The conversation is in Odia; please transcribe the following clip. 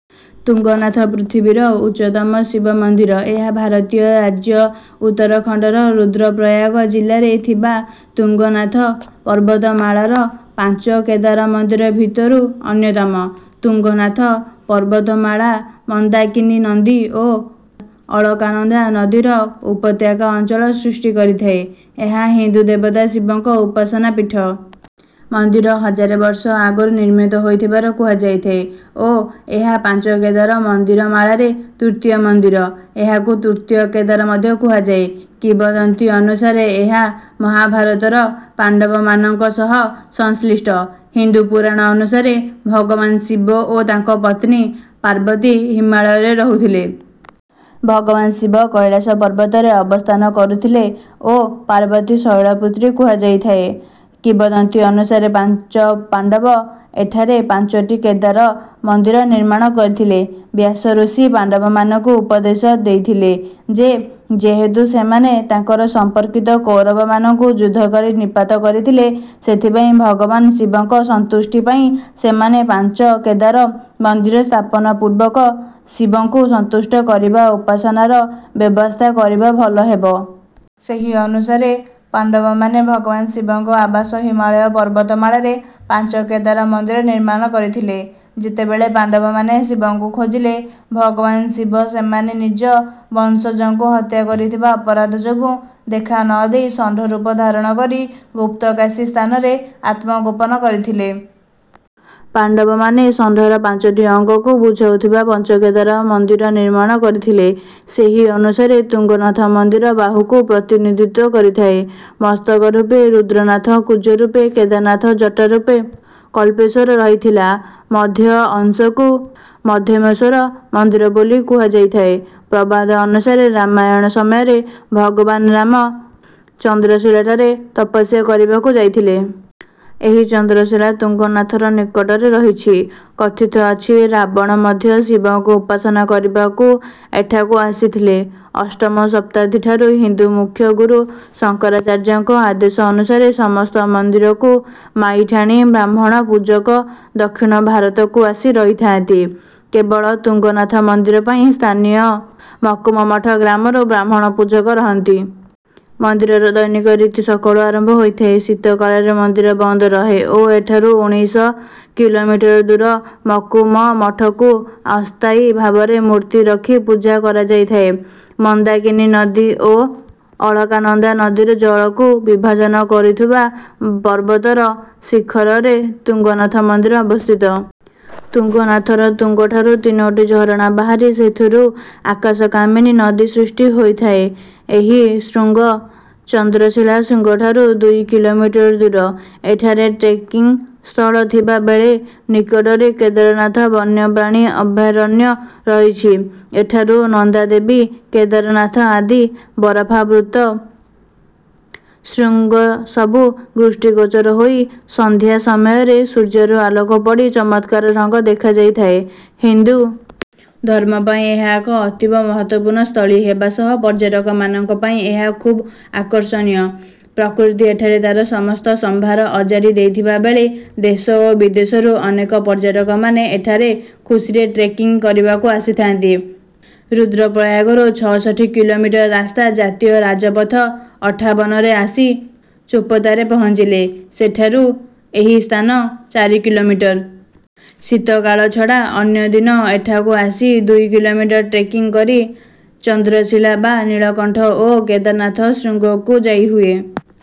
ତୁଙ୍ଗନାଥ, ପୃଥିବୀର ଉଚ୍ଚତମ ଶିବ ମନ୍ଦିର। ଏହା ଭାରତୀୟ ରାଜ୍ୟ ଉତ୍ତରଖଣ୍ଡର ରୁଦ୍ରପ୍ରୟାଗ ଜିଲ୍ଲାରେ ଥିବା ତୁଙ୍ଗନାଥ ପର୍ବତମାଳାର ପାଞ୍ଚ କେଦାର ମନ୍ଦିର ଭିତରୁ ଅନ୍ୟତମ। ତୁଙ୍ଗନାଥ ପର୍ବତମାଳା ମନ୍ଦାକିନୀ ନଦୀ ଓ ଅଳକାନନ୍ଦା ନଦୀର ଉପତ୍ୟକା ଅଞ୍ଚଳ ସୃଷ୍ଟି କରିଥାଏ। ଏହା ହିନ୍ଦୁ ଦେବତା ଶିବଙ୍କ ଉପାସନା ପୀଠ। ମନ୍ଦିର ହଜାର ବର୍ଷ ଆଗରୁ ନିର୍ମିତ ହୋଇଥିବାର କୁହାଯାଇଥାଏ ଓ ଏହା ପାଞ୍ଚ କେଦାର ମନ୍ଦିରମାଳାରେ ତୃତୀୟ ମନ୍ଦିର। ଏହାକୁ ତୃତୀୟ କେଦାର ମଧ୍ୟ କୁହାଯାଏ। କିମ୍ବଦନ୍ତୀ ଅନୁସାରେ ଏହା ମହାଭାରତର ପାଣ୍ଡବମାନଙ୍କ ସହ ସଂଶ୍ଳିଷ୍ଟ। ହିନ୍ଦୁ ପୁରାଣ ଅନୁସାରେ ଭଗବାନ ଶିବ ଓ ତାଙ୍କ ପତ୍ନୀ ପାର୍ବତୀ ହିମାଳୟରେ ରହୁଥିଲେ। ଭଗବାନ ଶିବ କୈଲାସ ପର୍ବତରେ ଅବସ୍ଥାନ କରୁଥିଲେ ଓ ପାର୍ବତୀଙ୍କୁ ଶୈଳପୁତ୍ରୀ କୁହାଯାଇଥାଏ। କିମ୍ବଦନ୍ତୀ ଅନୁସାରେ ପାଞ୍ଚ ପାଣ୍ଡବ ଏଠାରେ ପାଞ୍ଚଟି କେଦାର ମନ୍ଦିର ନିର୍ମାଣ କରିଥିଲେ। ବ୍ୟାସ ଋଷି ପାଣ୍ଡବମାନଙ୍କୁ ଉପଦେଶ ଦେଇଥିଲେ ଯେ ଯେହେତୁ ସେମାନେ ତାଙ୍କର ସମ୍ପର୍କିତ କୌରବମାନଙ୍କୁ ଯୁଦ୍ଧ କରି ନିପାତ କରିଥିଲେ, ସେଥିପାଇଁ ଭଗବାନ ଶିବଙ୍କ ସନ୍ତୁଷ୍ଟି ପାଇଁ ସେମାନେ ପାଞ୍ଚ କେଦାର ମନ୍ଦିର ସ୍ଥାପନା ପୂର୍ବକ ଶିବଙ୍କୁ ସନ୍ତୁଷ୍ଟ କରିବା ଉପାସନାର ବ୍ୟବସ୍ଥା କରିବା ଭଲ ହେବ। ସେହି ଅନୁସାରେ ପାଣ୍ଡବମାନେ ଭଗବାନ ଶିବଙ୍କ ଆବାସ ହିମାଳୟ ପର୍ବତମାଳାରେ ପାଞ୍ଚ କେଦାର ମନ୍ଦିର ନିର୍ମାଣ କରିଥିଲେ। ଯେତେବେଳେ ପାଣ୍ଡବମାନେ ଶିବଙ୍କୁ ଖୋଜିଲେ, ଭଗବାନ ଶିବ ସେମାନେ ନିଜ ବଂଶଜଙ୍କୁ ହତ୍ୟା କରିଥିବା ଅପରାଧ ଯୋଗୁଁ ଦେଖା ନ ଦେଇ ଷଣ୍ଢରୂପ ଧାରଣ କରି ଗୁପ୍ତକାଶୀ ସ୍ଥାନରେ ଆତ୍ମଗୋପନ କରିଥିଲେ। ପାଣ୍ଡବମାନେ ଷଣ୍ଢର ପାଞ୍ଚଟି ଅଙ୍ଗକୁ ବୁଝାଉଥିବା ପଞ୍ଚକେଦାର ମନ୍ଦିର ନିର୍ମାଣ କରିଥିଲେ। ସେହି ଅନୁସାରେ ତୁଙ୍ଗନାଥ ମନ୍ଦିର ବାହୁକୁ ପ୍ରତିନିଧିତ୍ୱ କରିଥାଏ। ମସ୍ତକ ରୂପେ ରୁଦ୍ରନାଥ, କୁଜ ରୂପେ କେଦାରନାଥ, ଜଟା ରୂପେ କଳ୍ପେଶ୍ୱର ରହିଥିଲା। ମଧ୍ୟ ଅଂଶକୁ ମଧ୍ୟମେଶ୍ୱର ମନ୍ଦିର ବୋଲି କୁହାଯାଇଥାଏ। ପ୍ରବାଦ ଅନୁସାରେ ରାମାୟଣ ସମୟରେ ଭଗବାନ ରାମ ଚନ୍ଦ୍ରଶିଳାଠାରେ ତପସ୍ୟା କରିବାକୁ ଯାଇଥିଲେ। ଏହି ଚନ୍ଦ୍ରଶିଳା ତୁଙ୍ଗନାଥର ନିକଟରେ ରହିଛି। କଥିତ ଅଛି, ରାବଣ ମଧ୍ୟ ଶିବଙ୍କୁ ଉପାସନା କରିବାକୁ ଏଠାକୁ ଆସିଥିଲେ। ଅଷ୍ଟମ ଶତାବ୍ଦୀଠାରୁ ହିନ୍ଦୁ ମୁଖ୍ୟ ଗୁରୁ ଶଙ୍କରାଚାର୍ଯ୍ୟଙ୍କ ଆଦେଶ ଅନୁସାରେ ସମସ୍ତ ମନ୍ଦିରକୁ ମାଇଠାଣି ବ୍ରାହ୍ମଣ ପୂଜକ ଦକ୍ଷିଣ ଭାରତରୁ ଆସି ରହିଥାନ୍ତି। କେବଳ ତୁଙ୍ଗନାଥ ମନ୍ଦିର ପାଇଁ ସ୍ଥାନୀୟ ମକୁମମଠ ଗ୍ରାମରୁ ବ୍ରାହ୍ମଣ ପୂଜକ ରହନ୍ତି। ମନ୍ଦିରର ଦୈନିକ ରୀତି ସକାଳୁ ଆରମ୍ଭ ହୋଇଥାଏ। ଶୀତକାଳରେ ମନ୍ଦିର ବନ୍ଦ ରହେ ଓ ଏଠାରୁ ଉଣାଇଶ କିଲୋମିଟର ଦୂର ମକୁମମଠକୁ ଅସ୍ଥାୟୀ ଭାବରେ ମୂର୍ତ୍ତି ରଖି ପୂଜା କରାଯାଇଥାଏ। ମନ୍ଦାକିନୀ ନଦୀ ଓ ଅଳକାନନ୍ଦା ନଦୀର ଜଳକୁ ବିଭାଜନ କରୁଥିବା ପର୍ବତର ଶିଖରରେ ତୁଙ୍ଗନାଥ ମନ୍ଦିର ଅବସ୍ଥିତ। ତୁଙ୍ଗନାଥର ତୁଙ୍ଗଠାରୁ ତିନୋଟି ଝରଣା ବାହାରି ସେଥିରୁ ଆକାଶକାମିନୀ ନଦୀ ସୃଷ୍ଟି ହୋଇଥାଏ। ଏହି ଶୃଙ୍ଗ ଚନ୍ଦ୍ରଶିଳା ଶୃଙ୍ଗଠାରୁ ଦୁଇ କିଲୋମିଟର ଦୂର। ଏଠାରେ ଟ୍ରେକିଂ ସ୍ଥଳ ଥିବା ବେଳେ ନିକଟରେ କେଦାରନାଥ ବନ୍ୟପ୍ରାଣୀ ଅଭୟାରଣ୍ୟ ରହିଛି। ଏଠାରୁ ନନ୍ଦାଦେବୀ, କେଦାରନାଥ ଆଦି ବରଫାବୃତ ଶୃଙ୍ଗସବୁ ଦୃଷ୍ଟିଗୋଚର ହୋଇ ସନ୍ଧ୍ୟା ସମୟରେ ସୂର୍ଯ୍ୟର ଆଲୋକ ପଡ଼ି ଚମତ୍କାର ରଙ୍ଗ ଦେଖାଯାଇଥାଏ। ହିନ୍ଦୁ ଧର୍ମ ପାଇଁ ଏହା ଏକ ଅତୀବ ମହତ୍ତ୍ୱପୂର୍ଣ୍ଣ ସ୍ଥଳୀ ହେବା ସହ ପର୍ଯ୍ୟଟକମାନଙ୍କ ପାଇଁ ଏହା ଖୁବ୍ ଆକର୍ଷଣୀୟ। ପ୍ରକୃତି ଏଠାରେ ତାର ସମସ୍ତ ସମ୍ଭାର ଅଜାଡ଼ି ଦେଇଥିବା ବେଳେ ଦେଶ ଓ ବିଦେଶରୁ ଅନେକ ପର୍ଯ୍ୟଟକମାନେ ଏଠାରେ ଖୁସିରେ ଟ୍ରେକିଂ କରିବାକୁ ଆସିଥାନ୍ତି। ରୁଦ୍ରପ୍ରୟାଗରୁ ଛଷଠି କିଲୋମିଟର ରାସ୍ତା ଜାତୀୟ ରାଜପଥ ଅଠାବନରେ ଆସି ଚୋପତାରେ ପହଞ୍ଚିଲେ, ସେଠାରୁ ଏହି ସ୍ଥାନ ଚାରି କିଲୋମିଟର। ଶୀତକାଳ ଛଡ଼ା ଅନ୍ୟ ଦିନ ଏଠାକୁ ଆସି ଦୁଇ କିଲୋମିଟର ଟ୍ରେକିଂ କରି ଚନ୍ଦ୍ରଶିଳା ବା ନୀଳକଣ୍ଠ ଓ କେଦାରନାଥ ଶୃଙ୍ଗକୁ ଯାଇହୁଏ।